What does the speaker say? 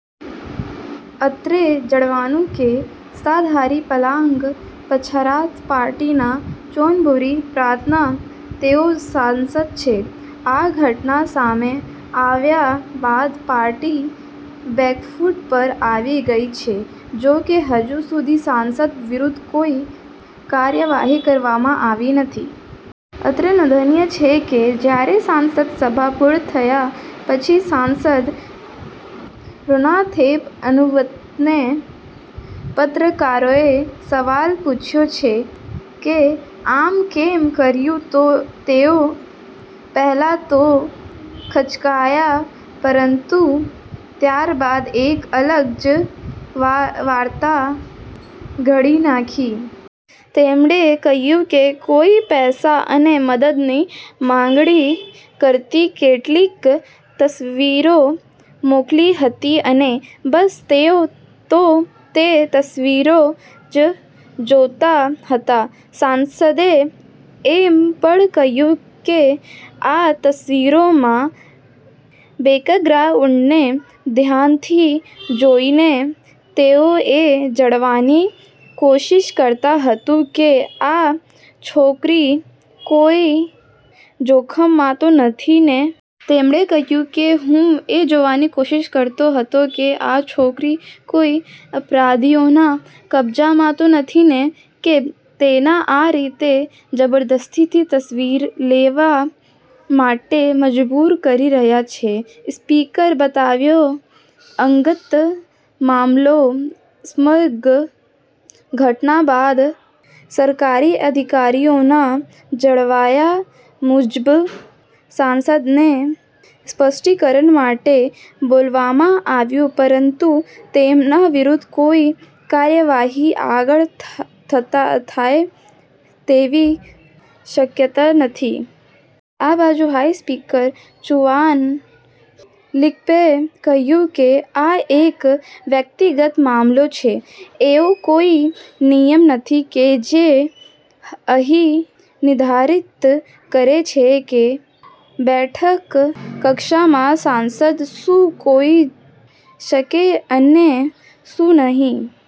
અત્રે જણાવવાનું કે, સત્તાધારી પાલાંગ પ્રછારાથ પાર્ટી ના ચોનબુરી પ્રાંતના તેઓ સાંસદ છે. આ ઘટના સામે આવ્યા બાદ પાર્ટી બેકફૂટ પર આવી ગઈ છે. જો કે હજુ સુધી સાંસદ વિરુદ્ધ કોઈ કાર્યવાહી કરવામાં આવી નથી. અત્રે નોધનીય છે કે, જયારે સંસદ સભા પૂર્ણ થયા પછી સાંસદ રોન્નાથેપ અનુવતને પત્રકારોએ સવાલ પૂછ્યો કે, આમ કેમ કર્યું તો તેઓ પહેલા તો ખચકાયા, પરંતુ ત્યારબાદ એક અલગ જ વાર્તા ઘડી નાખી. તેમણે કહ્યું કે કોઈ પૈસા અને મદદની માગણી કરતી કેટલીક તસવીરો મોકલી હતી અને બસ તેઓ તો તે તસવીરો જ જોતા હતાં. સાંસદે એમ પણ કહ્યું કે 'આ તસવીરોમાં બેકગ્રાઉન્ડને ધ્યાનથી જોઈને તેઓ એ જાણવાની કોશિશ કરતા હતાં કે આ છોકરી કોઈ જોખમમાં તો નથી ને. તેમણે કહ્યું કે, હું એ જોવાની કોશિશ કરતો હતો કે આ છોકરી કોઈ અપરાધીઓના કબ્જામાં તો નથી ને કે તેને આ રીતે જબરદસ્તીથી તસવીરો લેવા માટે મજબૂર કરી રહ્યા છે. ' સ્પીકરે બતાવ્યો અંગત મામલો સમગ્ર ઘટના બાદ સરકારી અધિકારીઓના જણાવ્યાં મુજબ, સાંસદને સ્પષ્ટીકરણ માટે બોલાવવામાં આવ્યાં પરંતુ તેમના વિરુદ્ધ કોઈ કાર્યવાહી આગળ થાય તેવી શક્યતા નથી. આ બાજુ હાઉસ સ્પીકર ચુઆન લીક્પએ કહ્યું કે, આ એક વ્યક્તિગત મામલો છે. એવો કોઈ નિયમ નથી કે જે અહીં નિર્ધારિત કરે છે કે બેઠક કક્ષમાં સાંસદ શું જોઈ શકે અને શું નહીં.